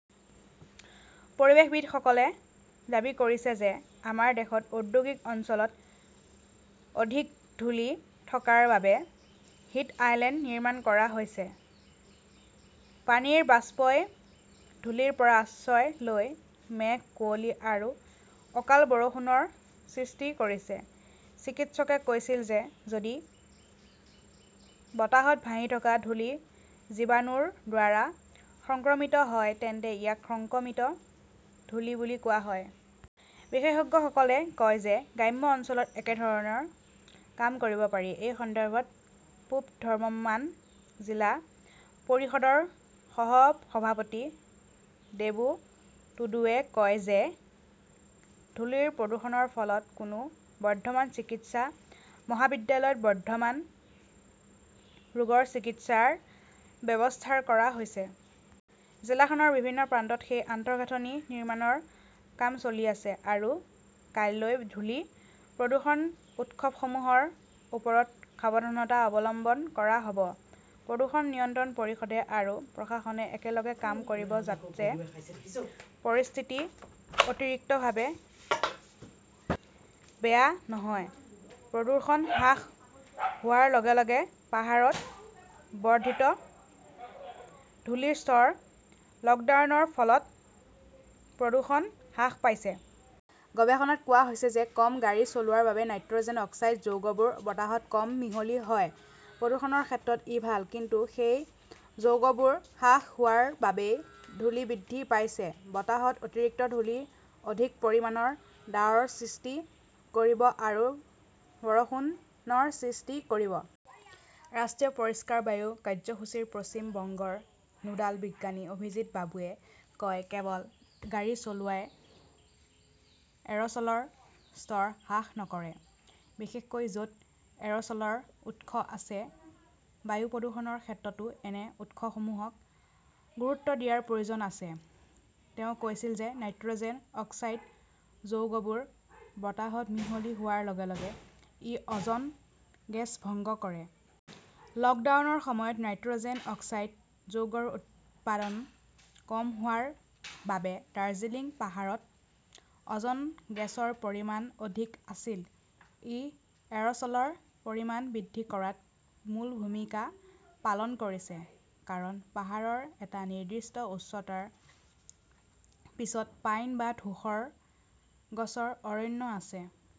পৰিৱেশবিদসকলে দাবী কৰিছে যে আমাৰ দেশত ঔদ্যোগিক অঞ্চলত অধিক ধূলি থকাৰ বাবে 'হিট আইলেণ্ড নিৰ্মাণ কৰা হৈছে। পানীৰ বাষ্পই ধূলিৰ পৰা আশ্ৰয় লৈ মেঘ, কুঁৱলী আৰু অকাল বৰষুণৰ সৃষ্টি কৰিছে। চিকিৎসকে কৈছিল যে যদি বতাহত ভাহি থকা ধূলি জীৱাণুৰ দ্বাৰা সংক্ৰমিত হয় তেন্তে ইয়াক সংক্ৰমিত ধূলি বুলি কোৱা হয়। বিশেষজ্ঞসকলে কয় যে গ্ৰাম্য অঞ্চলত একেধৰণৰ কাম কৰিব পাৰি। এই সন্দৰ্ভত পূব বৰ্ধমান জিলা পৰিষদৰ সহ-সভাপতি দেবু টুডুৱে কয় যে ধূলিৰ প্ৰদূষণৰ ফলত হোৱা বৰ্ধমান চিকিৎসা মহাবিদ্যালয়ত বৰ্ধমান ৰোগৰ চিকিৎসাৰ ব্যৱস্থা কৰা হৈছে। জিলাখনৰ বিভিন্ন প্ৰান্তত সেই আন্তঃগাঁথনি নিৰ্মাণৰ কাম চলি আছে। আৰু কাইলৈ ধূলি প্ৰদূষণৰ উৎসসমূহৰ ওপৰত সাৱধানতা অৱলম্বন কৰা হব। প্ৰদূষণ নিয়ন্ত্ৰণ পৰিষদে আৰু প্ৰশাসনে একেলগে কাম কৰিব যাতে পৰিস্থিতি অতিৰিক্তভাৱে বেয়া নহয়। প্ৰদূষণ হ্ৰাস পোৱাৰ লগে-লগে পাহাৰত বৰ্ধিত ধূলিৰ স্তৰ লকডাউনৰ ফলত প্ৰদূষণ হ্ৰাস পাইছে। গৱেষণাত কোৱা হৈছে যে কম গাড়ী চলোৱাৰ বাবে নাইট্ৰজেন অক্সাইড যৌগবোৰ বতাহত কম মিহলি হয়। প্ৰদূষণৰ ক্ষেত্ৰত ই ভাল। কিন্তু সেই যৌগবোৰ হ্ৰাস হোৱাৰ বাবেই ধূলি বৃদ্ধি পাইছে। বতাহত অতিৰিক্ত ধূলি অধিক পৰিমাণৰ ডাৱৰ সৃষ্টি কৰিব আৰু বৰষুণৰ সৃষ্টি কৰিব। ৰাষ্ট্ৰীয় পৰিষ্কাৰ বায়ু কাৰ্যসূচীৰ পশ্চিম বংগৰ নোডাল বিজ্ঞানী অভিজিৎ বাবুৱে কয়, কেৱল গাড়ী চলোৱাই এৰছলৰ স্তৰ হ্ৰাস নকৰে, বিশেষকৈ যত এৰছলৰ উৎস আছে। বায়ু প্ৰদূষণৰ ক্ষেত্ৰতো এনে উৎসসমূহক গুৰুত্ব দিয়াৰ প্ৰয়োজন আছে। তেওঁ কৈছিল যে নাইট্ৰজেন অক্সাইড যৌগবোৰ বতাহত মিহলি হোৱাৰ লগে লগে ই অজন গেছ ভংগ কৰে। লকডাউনৰ সময়ত নাইট্ৰজেন অক্সাইড যৌগৰ উৎপাদন কম হোৱাৰ বাবে দাৰ্জিলিং পাহাৰত অজন গেছৰ পৰিমাণ অধিক আছিল। ই এৰছলৰ পৰিমাণ বৃদ্ধি কৰাত মূল ভূমিকা পালন কৰিছে। কাৰণ, পাহাৰৰ এটা নিৰ্দিষ্ট উচ্চতাৰ পিছত পাইন বা ধূসৰ গছৰ অৰণ্য আছে।